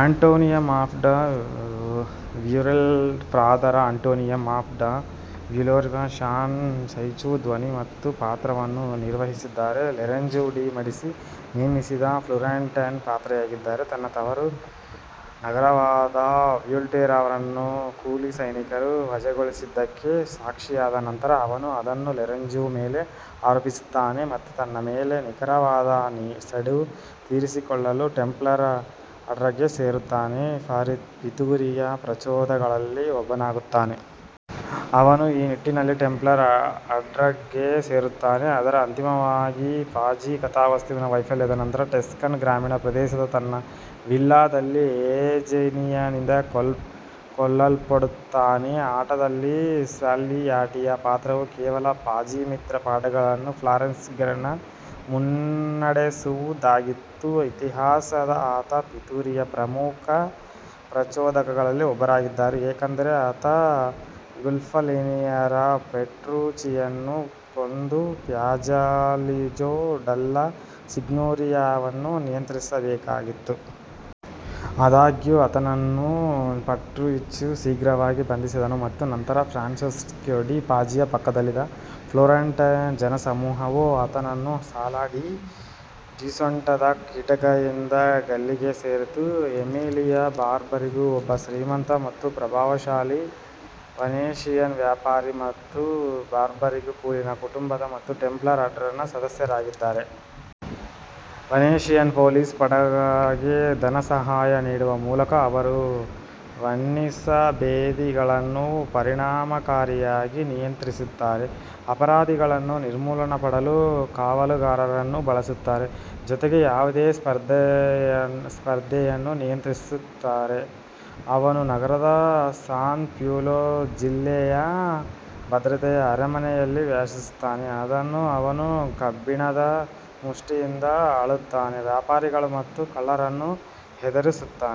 Antonio Maffei da Volterra father Antonio Maffei da Volterra Shawn Baichoo ಧ್ವನಿ ಮತ್ತು ಪಾತ್ರವನ್ನು ನಿರ್ವಹಿಸಿದ್ದಾರೆ ಲೊರೆಂಜೊ ಡಿ ಮೆಡಿಸಿ ನೇಮಿಸಿದ ಫ್ಲೋರೆಂಟೈನ್ ಪಾದ್ರಿಯಾಗಿದ್ದಾರೆ. ತನ್ನ ತವರು ನಗರವಾದ ವೋಲ್ಟೆರಾವನ್ನು ಕೂಲಿ ಸೈನಿಕರು ವಜಾಗೊಳಿಸಿದ್ದಕ್ಕೆ ಸಾಕ್ಷಿಯಾದ ನಂತರ, ಅವನು ಅದನ್ನು ಲೊರೆಂಜೊ ಮೇಲೆ ಆರೋಪಿಸುತ್ತಾನೆ ಮತ್ತು ತನ್ನ ಮೇಲೆ ನಿಖರವಾದ ಸೇಡು ತೀರಿಸಿಕೊಳ್ಳಲು ಟೆಂಪ್ಲರ್ ಆರ್ಡರ್ಗೆ ಸೇರುತ್ತಾನೆ; ಪಾಝಿ ಪಿತೂರಿಯ ಪ್ರಚೋದಕಗಳಲ್ಲಿ ಒಬ್ಬನಾಗುತ್ತಾನೆ. ಅವನು ಈ ನಿಟ್ಟಿನಲ್ಲಿ ಟೆಂಪ್ಲರ್ ಆರ್ಡರ್ಗೆ ಸೇರುತ್ತಾನೆ, ಆದರೆ ಅಂತಿಮವಾಗಿ ಪಾಜಿ ಕಥಾವಸ್ತುವಿನ ವೈಫಲ್ಯದ ನಂತರ ಟಸ್ಕನ್ ಗ್ರಾಮೀಣ ಪ್ರದೇಶದ ತನ್ನ ವಿಲ್ಲಾದಲ್ಲಿ ಎಜಿಯೊನಿಂದ ಕೊಲ್ಲಲ್ಪಡುತ್ತಾನೆ. ಆಟದಲ್ಲಿ ಸಾಲ್ವಿಯಾಟಿಯ ಪಾತ್ರವು ಕೇವಲ ಪಾಜಿ-ಮಿತ್ರ ಪಡೆಗಳನ್ನು ಫ್ಲಾರೆನ್ಸ್ಗೆ ಮುನ್ನಡೆಸುವುದಾಗಿತ್ತು, ಐತಿಹಾಸಿಕವಾಗಿ ಆತ ಪಿತೂರಿಯ ಪ್ರಮುಖ ಪ್ರಚೋದಕಗಳಲ್ಲಿ ಒಬ್ಬರಾಗಿದ್ದರು, ಏಕೆಂದರೆ ಆತ ಗೊನ್ಫಲೋನಿಯೆರೆ ಪೆಟ್ರುಚಿಯನ್ನು ಕೊಂದು ಪ್ಯಾಲಾಜೊ ಡೆಲ್ಲಾ ಸಿಗ್ನೋರಿಯಾವನ್ನು ನಿಯಂತ್ರಿಸಬೇಕಾಗಿತ್ತು. ಆದಾಗ್ಯೂ, ಆತನನ್ನು ಪೆಟ್ರುಚ್ಚಿಯು ಶೀಘ್ರವಾಗಿ ಬಂಧಿಸಿದನು ಮತ್ತು ನಂತರ ಫ್ರಾನ್ಸೆಸ್ಕೊ ಡಿ 'ಪಾಜಿಯ ಪಕ್ಕದಲ್ಲಿದ್ದ ಫ್ಲೋರೆಂಟೈನ್ ಜನಸಮೂಹವು ಆತನನ್ನು ಸಾಲಾ ಡೀ ಡ್ಯೂಸೆಂಟೊದ ಕಿಟಕಿಯಿಂದ ಗಲ್ಲಿಗೇರಿಸಿತು. ಎಮಿಲಿಯೊ ಬಾರ್ಬರಿಗೊ ಒಬ್ಬ ಶ್ರೀಮಂತ ಮತ್ತು ಪ್ರಭಾವಶಾಲಿ ವೆನೆಷಿಯನ್ ವ್ಯಾಪಾರಿ ಮತ್ತು ಬಾರ್ಬರಿಗೊ ಕುಲೀನ ಕುಟುಂಬದ ಮತ್ತು ಟೆಂಪ್ಲರ್ ಆರ್ಡರ್ನ ಸದಸ್ಯರಾಗಿದ್ದಾರೆ. ವೆನೆಷಿಯನ್ ಪೊಲೀಸ್ ಪಡೆಗೆ ಧನಸಹಾಯ ನೀಡುವ ಮೂಲಕ, ಅವರು ವೆನಿಸ್ನ ಬೀದಿಗಳನ್ನು ಪರಿಣಾಮಕಾರಿಯಾಗಿ ನಿಯಂತ್ರಿಸುತ್ತಾರೆ, ಅಪರಾಧಿಗಳನ್ನು ನಿರ್ಮೂಲನೆ ಮಾಡಲು ಕಾವಲುಗಾರರನ್ನು ಬಳಸುತ್ತಾರೆ, ಜೊತೆಗೆ ಯಾವುದೇ ಸ್ಪರ್ಧೆಯನ್ನೂ ನಿಯಂತ್ರಿಸುತ್ತಾರೆ. ಅವನು ನಗರದ ಸ್ಯಾನ್ ಪೊಲೊ ಜಿಲ್ಲೆಯ ಭದ್ರತೆಯ ಅರಮನೆಯಲ್ಲಿ ವಾಸಿಸುತ್ತಾನೆ, ಅದನ್ನು ಅವನು ಕಬ್ಬಿಣದ ಮುಷ್ಟಿಯಿಂದ ಆಳುತ್ತಾನೆ, ವ್ಯಾಪಾರಿಗಳು ಮತ್ತು ಕಳ್ಳರನ್ನು ಹೆದರಿಸುತ್ತಾನೆ.